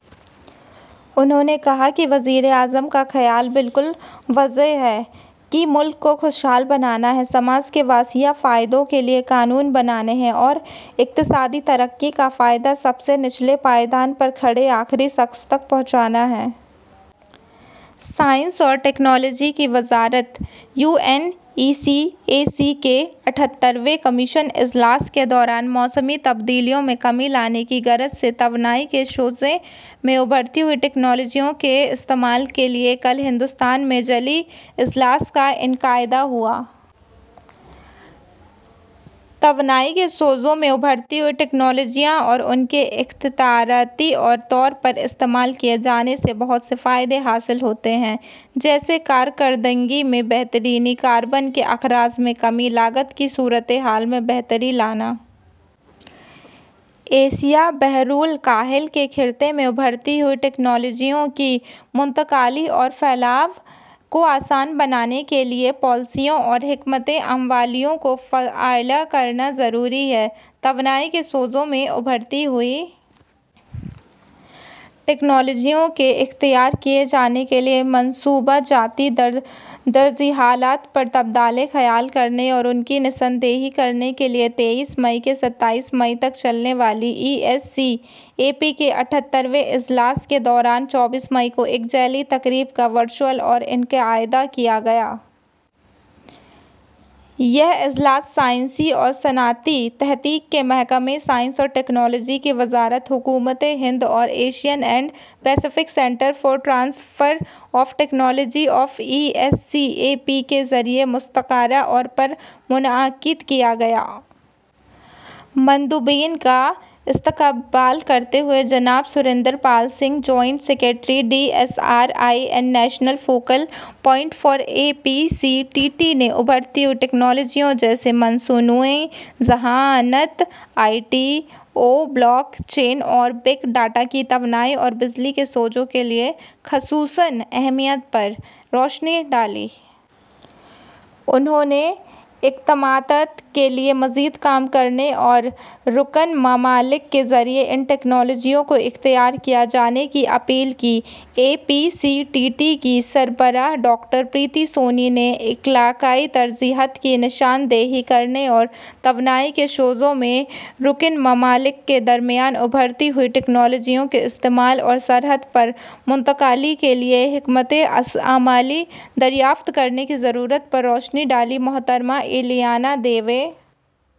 انھوں نے کہا کہ وزیراعظم کا خیال بالکل واضح ہے کہ ملک کو خوشحال بنانا ہے، سماج کے وسیع فائدوں کے لئے قانون بنانے ہیں اور اقتصادی ترقی کا فائدہ سب سے نچلے پائیدان پر کھڑے آخری شخص تک پہنچانا۔ سائنس اور ٹیکنالوجی کی وزارت U N E S C A P کے اٹھہتر ویں کمیشن اجلاس کے دوران موسمی تبدیلیوں میں کمی لانے کی غرض سے توانائی کے شعبے میں ابھرتی ہوئی ٹکنالوجیوں کے استعمال کے لئے کل ہندوستان کے ذیلی اجلاس کا انعقاد ہوا۔ توانائی کے شعبے میں ابھرتی ہوئی ٹکنالوجیاں اور ان کے اختراعی طور پر استعمال کئے جانے سے بہت سے فائدے حاصل ہوتے ہیں، جیسے کارکردگی میں بہتری، کاربن کے اخراج میں کمی اور لاگت کی صورتحال میں بہتری لانا۔ ایشیا – بحرالکاہل کے خطے میں ابھرتی ہوئی ٹکنالوجیوں کی منتقلی اور پھیلاؤ کو آسان بنانے کے لئے پالیسیوں اور حکمت عملیوں کو فعال کرنا ضروری ہے۔ توانائی کے شعبے میں ابھرتی ہوئی ٹکنالوجیوں کے اختیار کئے جانے کے لئے منصوبہ جاتی ترجیحات پر تبادلہ خیال کرنے اور ان کی نشاندہی کرنے کے لئے، تئیس مئی سے ستائیس مئی تک چلنے والے ای ایس سی اے پی کے اٹھہتر ویں اجلاس کے دوران چوبیس مئی کو ایک ذیلی تقریب کا ورچوئل طور پر انعقاد کیا گیا۔ یہ اجلاس سائنسی اور صنعتی تحقیق کے محکمے، سائنس اور ٹکنالوجی کی وزارت، حکومت ہند اور Asian and Pacific centre for transfer of technology of E S C A P کے ذریعہ مشترکہ طور پر منعقد کیا گیا۔ مندوبین کا استقبال کرتے ہوئے جناب Surinder Pal Singh, joint secretary D S I R and national focal point for A P C T T نے ابھرتی ہوئی ٹکنالوجیوں جیسے مصنوعی ذہانت، I O T, block chain اور بگ ڈاٹا کی توانائی اور بجلی کے شعبے کے لئے خصوصی اہمیت پر روشنی ڈالی۔ انہوں نے اقدامات کے لئے مزید کام کرنے اور رکن ممالک کے ذریعہ ان ٹکنالوجیوں کو اختیار کئے جانے کی اپیل کی۔ A P C T T کی سربراہ، ڈاکٹر پریتی سونی نے علاقائی ترجیحات کی نشاندہی کرنے اور توانائی کے شعبے میں رکن ممالک کے درمیان ابھرتی ہوئی ٹکنالوجیوں کے استعمال اور سرحد پار منتقلی کے لئے حکمت عملی دریافت کرنے کی ضرورت پر روشنی ڈالی۔ محترمہ الپنا دوبے